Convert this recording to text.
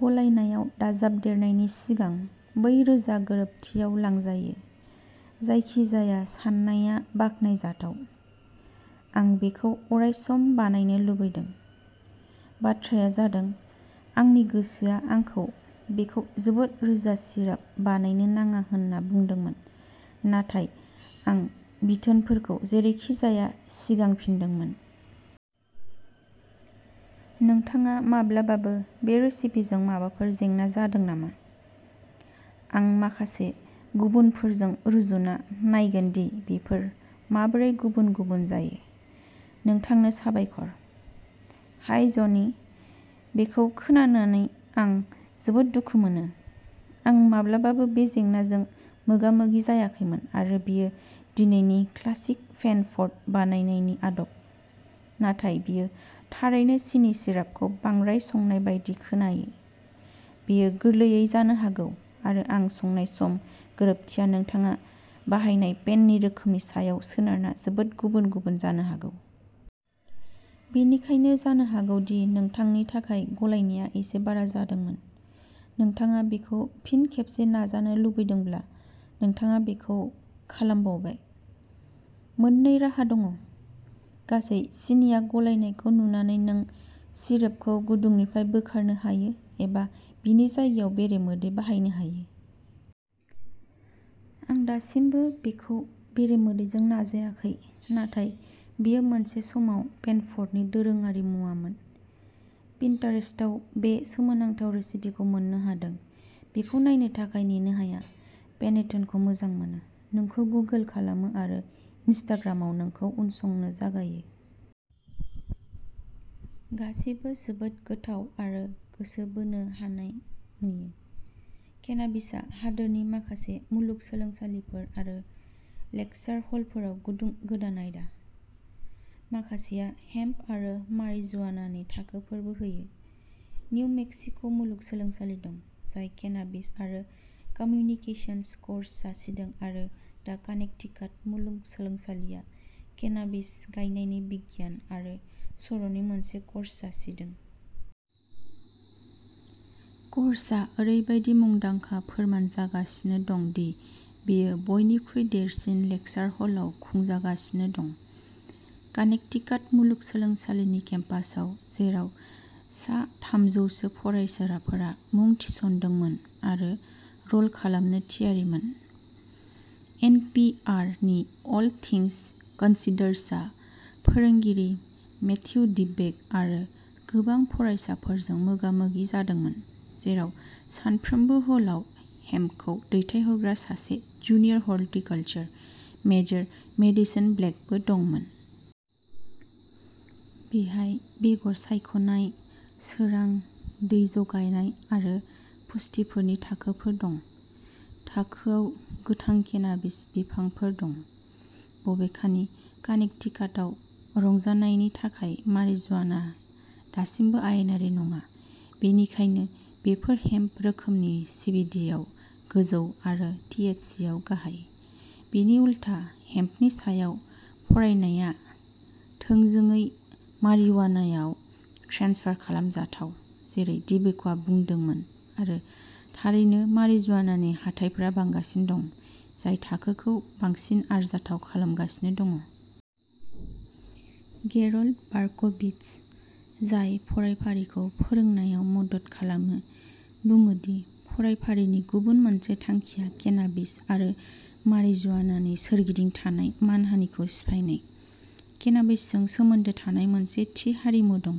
गलायनायाव दाजाबदेरनायनि सिगां बै रोजा गोरोबथियाव लांजायो। जायखिजाया साननाया बाख्नायजाथाव। आं बेखौ अरायसम बानायनो लुबैदों। बाथ्राया जादों, आंनि गोसोआ आंखौ बेखौ जोबोद रोजा सिराप बानायनो नाङा होनना बुंदोंमोन, नाथाय आं बिथोनफोरखौ जेरैखिजाया सिगांफिनदोंमोन। नोंथाङा माब्लाबाबो बे रेसिपिजों माबाफोर जेंना जादों नामा? आं माखासे गुबुनफोरजों रुजुना नायगोन दि बेफोर माबोरै गुबुन गुबुन जायो। नोंथांनो साबायखर! हाय ज'नि, बेखौ खोनानो आं जोबोद दुखु मोनो। आं माब्लाबाबो बे जेंनाजों मोगा मोगि जायाखैमोन आरो बेयो दिनैनि क्लासिक पेनफर्ट बानायनायनि आदब, नाथाय बेयो थारैनो सिनि सिरापखौ बांद्राय संनाय बायदि खोनायो बेयो गोरलैयै जानो हागौ आरो आं संनाय सम गोरोबथिया नोंथाङा बाहायनाय पेननि रोखोमनि सायाव सोनारना जोबोद गुबुन गुबुन जानो हागौ। बेनिखायनो जानो हागौ दि नोंथांनि थाखाय गलायनाया एसे बारा जादोंमोन। नोंथाङा बेखौ फिन खेबसे नाजानो लुबैदोंब्ला, नोंथाङा बेखौ खालामबावबाय। मोननै राहा दं गासै सिनिआ गलिनायखौ नुनानै नों सिरापखौ गुदुंनिफ्राय बोखारनो हायो एबा बेनि जायगायाव बेरे मोदै बाहायनो हायो। आं दासिमबो बेखौ बेरे मोदैजों नाजाखिसै नाथाय बेयो मोनसे समाव पेनफर्टनि दोरोङारि मुवामोन। पिन्टारेस्टआव बे सोमोनांथाव रेसिपिखौ मोन्नो हादों, बेखौ नायनो थाखाय नेनो हाया पेनेट'नखौ मोजां मोनो, नोंखौ गुगल खालामो आरो इनस्टाग्रामआव नोंखौ उनसंनो जागायो। गासैबो जोबोद गोथाव आरो गोसो बोनो हानाय नुयो। केनाबिसआ हादोरनि माखासे मुलुगसोलोंसालिफोर आरो लेकसार हलफोराव गुदुं गोदान आयदा, माखासेआ हेम्प आरो मारिजुआनानि थाखोफोरबो होयो। निउ मेक्सिक' मुलुगसोलोंसालि दं, जाय केनाबिस आरो कम्युनिकेशंस' कर्स जासिदों आरो दा कानेक्टिकाट मुलुगसोलोंसालिया केनाबिस गायनायनि बिगियान आरो सर'नि मोनसे कर्स जासिदों। कर्सआ ओरैबादि मुंदांखा फोरमान जागासिनो दं दि बेयो बयनिख्रुइ देरसिन लेकसार हलाव खुंजागासिनो दं। कानेक्टिकाट मुलुगसोलोंसालिनि केम्पासआव, जेराव सा थामजौसो फरायसाफोरा मुं थिसनदोंमोन आरो रल खालामनो थियारिमोन। एन पि आर नि अल थिंस कन्सिडर्डआ फोरोंगिरि, मैथ्यू डिबेक' आरो गोबां फरायसाफोरजों मोगा मोगि जादोंमोन, जेराव सानफ्रोमबो ह'लाव हेम्पखौ दैथायहरग्रा सासे, जुनियर हर्टिकल्चर मेजर मेडिसन ब्लेकबो दंमोन। बिहाय बेगर सायख'नाय, सोरां, दै जगायनाय आरो पुष्टिफोरनि थाखोफोर दं। थाखोयाव गोथां केनाबिस बिफांफोर दं। बबेखानि, कानेक्टिकाटआव रंजानायनि थाखाय मारिजुआना दासिमबो आयेनारि नङा, बेनिखायनो बेफोर हेम्प रोखोमनि सिबिडिआव गोजौ आरो टिएचसिआव गाहाय। बिनि उलथा, हेम्पनि सायाव फरायनाया थोंजोङै मारिजुआनाआव ट्रेन्सफार खालामजाथाव, जेरै डिबेक'आ बुंदोंमोन आरो थारैनो, मारिजुआनानि हाथाइफोरा बांगासिनो दं, जाय थाखोखौ बांसिन आरजाथाव खालामगासिनो दं। गेरल्ड बारक'विट्स, जाय फरायफारिखौ फोरोंनायाव मदद खालामो, बुङो दि फरायफारिनि गुबुन मोनसे थांखिया केनाबिस आरो मारिजुआनानि सोरगिदिं थानाय मानहानिखौ सिफायनाय। केनाबिसजों सोमोन्दो थानाय मोनसे थि हारिमु दं।